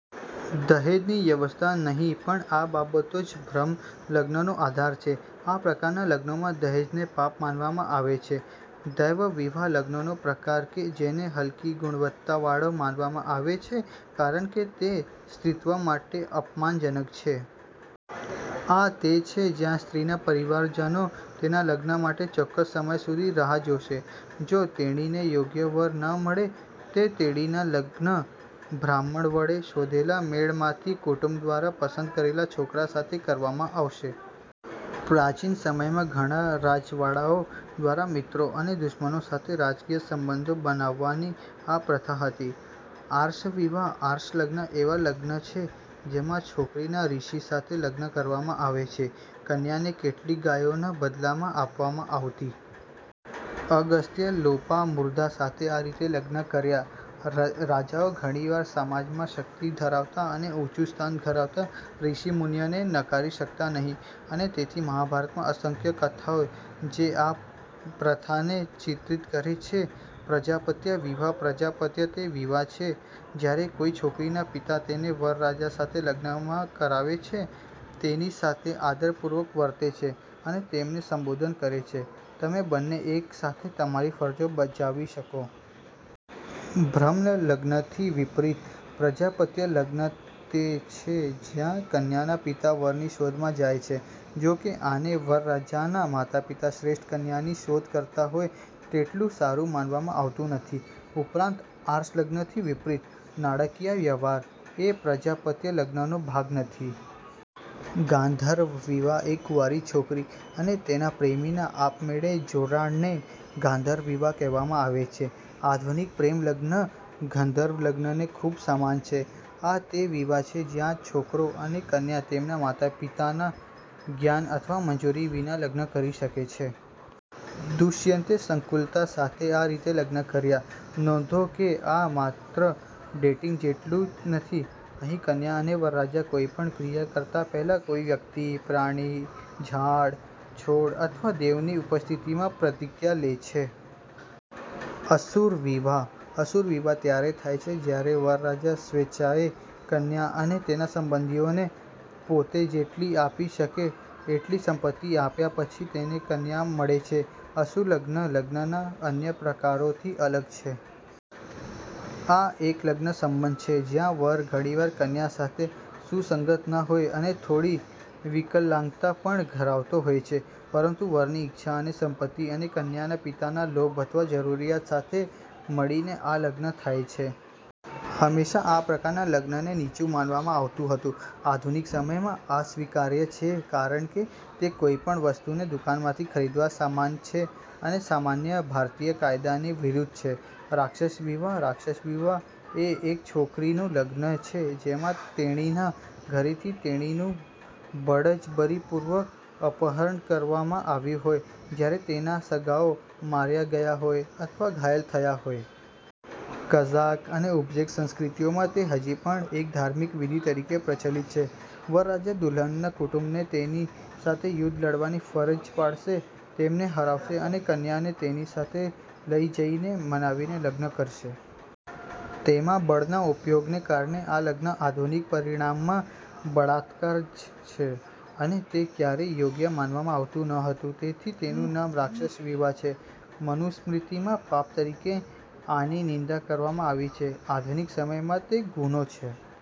દહેજની વ્યવસ્થા નહીં પણ આ બાબતો જ બ્રહ્મ લગ્નનો આધાર છે. આ પ્રકારના લગ્નમાં દહેજને પાપ માનવામાં આવે છે. દૈવ વિવાહ લગ્નનો પ્રકાર કે જેને હલકી ગુણવત્તાવાળા માનવામાં આવે છે કારણ કે તે સ્ત્રીત્વ માટે અપમાનજનક છે. આ તે છે જ્યાં સ્ત્રીના પરિવારજનો તેના લગ્ન માટે ચોક્કસ સમય સુધી રાહ જોશે. જો તેણીને યોગ્ય વર ન મળે, તો તેણીના લગ્ન બ્રાહ્મણ વડે શોધેલા મેળમાંથી કુટુંબ દ્વારા પસંદ કરેલા છોકરા સાથે કરવામાં આવશે. પ્રાચીન સમયમાં ઘણા રજવાડાઓ દ્વારા મિત્રો અને દુશ્મનો સાથે રાજકીય સંબંધો બનાવવાની આ પ્રથા હતી. આર્ષ વિવાહ આર્ષ લગ્ન એવા લગ્ન છે જેમાં છોકરીના ઋષિ સાથે લગ્ન કરવામાં આવે છે. કન્યાને કેટલીક ગાયોના બદલામાં આપવામાં આવતી. અગસ્ત્યે લોપામુદ્રા સાથે આ રીતે લગ્ન કર્યા. રાજાઓ ઘણીવાર સમાજમાં શક્તિ ધરાવતા અને ઊંચું સ્થાન ધરાવતા ઋષિ મુનિઓને નકારી શકતા નહીં અને તેથી મહાભારતમાં અસંખ્ય કથાઓ જે આ પ્રથાને ચિત્રિત કરે છે. પ્રજાપત્ય વિવાહ પ્રજાપત્ય તે વિવાહ છે જ્યારે કોઈ છોકરીના પિતા તેને વરરાજા સાથે લગ્નમાં કરાવે છે, તેની સાથે આદરપૂર્વક વર્તે છે અને તેમને સંબોધન કરે છે: 'તમે બંને એક સાથે તમારી ફરજો બજાવી શકો'. બ્રહ્મ લગ્નથી વિપરીત, પ્રજાપત્ય લગ્ન તે છે જ્યાં કન્યાના પિતા વરની શોધમાં જાય છે, જોકે, આને વરરાજાના માતાપિતા શ્રેષ્ઠ કન્યાની શોધ કરતા હોય તેટલું સારું માનવામાં આવતું નથી. ઉપરાંત, આર્ષ લગ્નથી વિપરીત, નાણાકીય વ્યવહાર એ પ્રજાપત્ય લગ્નનો ભાગ નથી. ગાંધર્વ વિવાહ એક કુંવારી છોકરી અને તેના પ્રેમીના આપમેળે જોડાણને ગાંધર્વ વિવાહ કહેવામાં આવે છે. આધુનિક 'પ્રેમ' લગ્ન ગંધર્વ લગ્નને ખૂબ સમાન છે. આ તે વિવાહ છે જ્યાં છોકરો અને કન્યા તેમના માતાપિતાના જ્ઞાન અથવા મંજૂરી વિના લગ્ન કરી શકે છે. દુષ્યંતે શકુંતલા સાથે આ રીતે લગ્ન કર્યા. નોંધો કે આ માત્ર ડેટિંગ જેટલું નથી. અહીં કન્યા અને વરરાજા કોઈ પણ ક્રિયા કરતા પહેલા, કોઈ વ્યક્તિ, પ્રાણી, ઝાડ, છોડ અથવા દેવની ઉપસ્થિતિમાં પ્રતિજ્ઞા લે છે. અસુર વિવાહ અસુર વિવાહ ત્યારે થાય છે જ્યારે વરરાજા સ્વેચ્છાએ કન્યા અને તેના સંબંધીઓને પોતે જેટલી આપી શકે એટલી સંપત્તિ આપ્યા પછી તેને કન્યા મળે છે. અસુર લગ્ન લગ્નના અન્ય પ્રકારોથી અલગ છે. આ એક લગ્નસંબંધ છે જ્યાં વર ઘણીવાર કન્યા સાથે સુસંગત ન હોય અને થોડી વિકલાંગતા પણ ધરાવતો હોય છે, પરંતુ વરની ઇચ્છા અને સંપત્તિ અને કન્યાના પિતાના લોભ અથવા જરૂરિયાત સાથે મળીને આ લગ્ન થાય છે. હંમેશા આ પ્રકારના લગ્નને નીચું માનવામાં આવતું હતું. આધુનિક સમયમાં આ અસ્વીકાર્ય છે કારણ કે તે કોઈ પણ વસ્તુને દુકાનમાંથી ખરીદવા સમાન છે અને સામાન્ય ભારતીય કાયદાની વિરુદ્ધ છે. રાક્ષસ વિવાહ રાક્ષસ વિવાહ એ એક છોકરીનું લગ્ન છે જેમાં તેણીના ઘરેથી તેણીનું બળજબરીપૂર્વક અપહરણ કરવામાં આવ્યું હોય, જ્યારે તેના સગાઓ માર્યા ગયા હોય અથવા ઘાયલ થયા હોય. કઝાક અને ઉઝ્બેક સંસ્કૃતિઓમાં તે હજી પણ એક ધાર્મિક વિધિ તરીકે પ્રચલિત છે. વરરાજા દુલ્હનના કુટુંબને તેની સાથે યુદ્ધ લડવાની ફરજ પાડશે, તેમને હરાવશે અને કન્યાને તેની સાથે લઇ જઈને મનાવીને લગ્ન કરશે. તેમાં બળના ઉપયોગને કારણે આ લગ્ન આધુનિક પરિમાણમાં બળાત્કાર જ છે, અને તે ક્યારેય યોગ્ય માનવામાં આવતું નહોતું તેથી તેનું નામ રાક્ષસ વિવાહ છે. મનુસ્મૃતિમાં પાપ તરીકે આની નિંદા કરવામાં આવી છે. આધુનિક સમયમાં તે ગુનો છે.